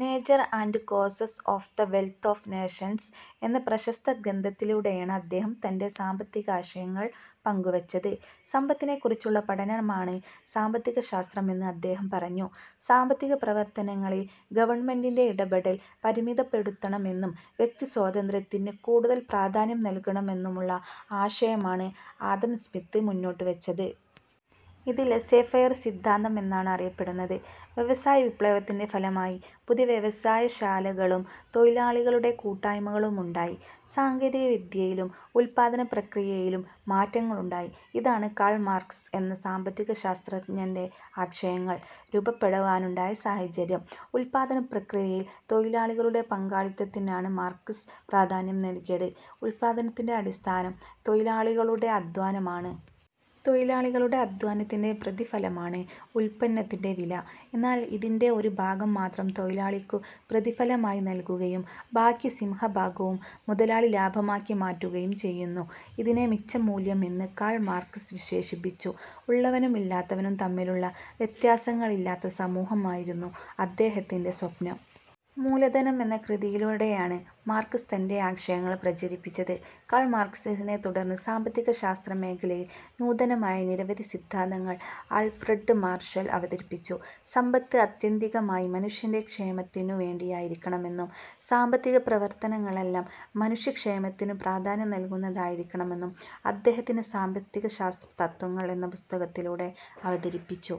'Nature and causes of the wealth of nations' എന്ന പ്രശസ്ത ഗ്രന്ഥത്തിലൂടെയാണ് അദ്ദേഹം തന്റെ സാമ്പത്തികാശയങ്ങൾ പങ്കുവച്ചത്. സമ്പത്തിനെക്കുറിച്ചുള്ള പഠനമാണ് സാമ്പത്തികശാസ്ത്രം എന്ന് അദ്ദേഹം പറഞ്ഞു. സാമ്പത്തിക പ്രവർത്തനങ്ങളിൽ ഗവൺമെന്റിന്റെ ഇടപെടൽ പരിമിതപ്പെടുത്തണമെന്നും വ്യക്തിസ്വാതന്ത്ര്യത്തിന് കൂടുതൽ പ്രാധാന്യം നൽകണമെന്നുമുള്ള ആശയമാണ് ആഡം സ്മിത്ത് മുന്നോട്ടുവച്ചത്. ഇത് ലെസേഫെയർ സിദ്ധാന്തം എന്നാണ് അറിയപ്പെടുന്നത്. വ്യവസായവിപ്ലവത്തിന്റെ ഫലമായി പുതിയ വ്യവസായശാലകളും തൊഴിലാളികളുടെ കൂട്ടായ്മകളും ഉണ്ടായി. സാങ്കേതിക വിദ്യയിലും ഉൽപ്പാദന പ്രക്രിയയിലും മാറ്റങ്ങളുണ്ടായി. ഇതാണ് കാൾ മാർക്സ് എന്ന സാമ്പത്തികശാസ്ത്രജ്ഞന്റെ ആശയങ്ങൾ രൂപപ്പെടുവാനുണ്ടായ സാഹചര്യം. ഉൽപ്പാദനപ്രക്രിയയിൽ തൊഴിലാളികളുടെ പങ്കാളിത്തത്തിനാണ് മാർക്സ് പ്രാധാന്യം നൽകിയത്. ഉല്പാദനത്തിന്റെ അടിസ്ഥാനം തൊഴിലാളികളുടെ അധ്വാനമാണ്. തൊഴിലാളികളുടെ അധ്വാനത്തിന്റെ പ്രതിഫലമാണ് ഉല്പന്നത്തിന്റെ വില. എന്നാൽ ഇതിന്റെ ഒരു ഭാഗം മാത്രം തൊഴിലാളിക്കു പ്രതിഫലമായി നൽകുകയും ബാക്കി സിംഹഭാഗവും മുതലാളി ലാഭമാക്കി മാറ്റുകയും ചെയ്യുന്നു. ഇതിനെ മിച്ചമൂല്യം എന്ന് കാൾ മാർക്സ് വിശേഷിപ്പിച്ചു. ഉള്ളവനും ഇല്ലാത്തവനും തമ്മിലുള്ള വ്യത്യാസങ്ങളില്ലാത്ത സമൂഹം ആയിരുന്നു അദ്ദേഹത്തിന്റെ സ്വപ്നം. മൂലധനം എന്ന കൃതിയിലൂടെയാണ് മാർക്സ് തന്റെ ആശയങ്ങൾ പ്രചരിപ്പിച്ചത്. കാൾ മാർക്സിനെത്തുടർന്ന് സാമ്പത്തികശാസ്ത്ര മേഖലയിൽ നൂതനമായ നിരവധി സിദ്ധാന്തങ്ങൾ ആൽഫ്രഡ് മാർഷൽ അവതരിപ്പിച്ചു. സമ്പത്ത് ആത്യന്തികമായി മനുഷ്യന്റെ ക്ഷേമത്തിനു വേണ്ടിയായിരിക്കണമെന്നും സാമ്പത്തിക പ്രവർത്തനങ്ങളെല്ലാം മനുഷ്യ ക്ഷേമത്തിനു പ്രാധാന്യം നൽകുന്നതായിരിക്കണമെന്നും അദ്ദേഹത്തിന്റെ സാമ്പത്തികശാസ്ത്ര തത്വങ്ങൾ' എന്ന പുസ്തകത്തിലൂടെ അവതരിപ്പിച്ചു.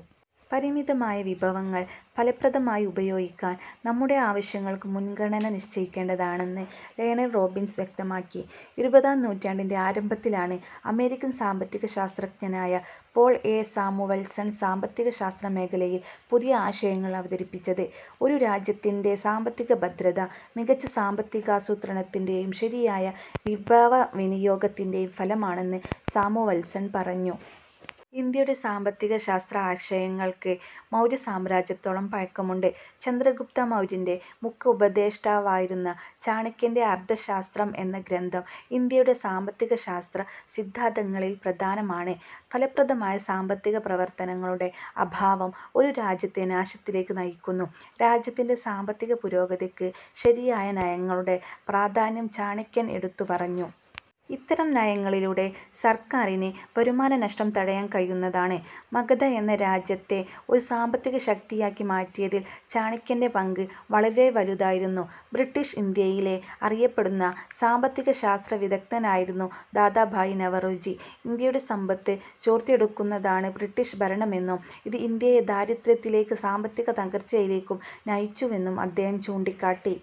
പരിമിതമായ വിഭവങ്ങൾ ഫലപ്രദമായി ഉപയോഗിക്കാൻ നമ്മുടെ ആവശ്യങ്ങൾക്ക് മുൻഗണന നിശ്ചയിക്കേണ്ടതാണെന്ന് ലയണൽ റോബിൻസ് വ്യക്തമാക്കി. ഇരുപതാം നൂറ്റാണ്ടിന്റെ ആരംഭത്തിലാണ് അമേരിക്കൻ സാമ്പത്തിക ശാസ്ത്രജ്ഞനായ പോൾ എ. സാമുവൽസൺ സാമ്പത്തിക ശാസ്ത്രമേഖലയിൽ പുതിയ ആശയങ്ങൾ അവതരിപ്പിച്ചത്. ഒരു രാജ്യത്തിന്റെ സാമ്പത്തിക ഭദ്രത, മികച്ച സാമ്പത്തികാസൂത്രണത്തിന്റെയും ശരിയായ വിഭവവിനിയോഗത്തിന്റെയും ഫലമാണെന്ന് സാമുവൽസൺ പറഞ്ഞു. ഇന്ത്യയുടെ സാമ്പത്തിക ശാസ്ത്രആശയങ്ങൾക്ക് മൗര്യസാമ്രാജ്യത്തോളം പഴക്കമുണ്ട്. ചന്ദ്രഗുപ്ത മൗര്യന്റെ മുഖ്യ ഉപദേഷ്ടാവായിരുന്ന ചാണക്യന്റെ അർത്ഥശാസ്ത്രം എന്ന ഗ്രന്ഥം ഇന്ത്യയുടെ സാമ്പത്തികശാസ്ത്ര സിദ്ധാന്തങ്ങളിൽ പ്രധാനമാണ്. ഫലപ്രദമായ സാമ്പത്തിക പ്രവർത്തനങ്ങളുടെ അഭാവം ഒരു രാജ്യത്തെ നാശത്തിലേക്ക് നയിക്കുന്നു. രാജ്യത്തിന്റെ സാമ്പത്തിക പുരോഗതിക്ക് ശരിയായ നയങ്ങളുടെ പ്രാധാന്യം ചാണക്യൻ എടുത്തു പറഞ്ഞു. ഇത്തരം നയങ്ങളിലൂടെ സർക്കാരിന് വരുമാനനഷ്ടം തടയാൻ കഴിയുന്നതാണ്. മഗധയെന്ന രാജ്യത്തെ ഒരു സാമ്പത്തിക ശക്തിയാക്കി മാറ്റിയതിൽ ചാണക്യന്റെ പങ്ക് വളരെ വലുതായിരുന്നു. ബ്രിട്ടീഷ് ഇന്ത്യയിലെ അറിയപ്പെടുന്ന സാമ്പത്തിക ശാസ്ത്ര വിദഗ്ധനായിരുന്നു ദാദാഭായ് നവറോജി. ഇന്ത്യയുടെ സമ്പത്ത് ചോർത്തിയെടുക്കുന്നതാണ് ബ്രിട്ടീഷ് ഭരണമെന്നും, ഇത് ഇന്ത്യയെ ദാരിദ്ര്യത്തിലേക്കും സാമ്പത്തിക തകർച്ചയിലേക്കും നയിച്ചുവെന്നും അദ്ദേഹം ചൂണ്ടിക്കാട്ടി.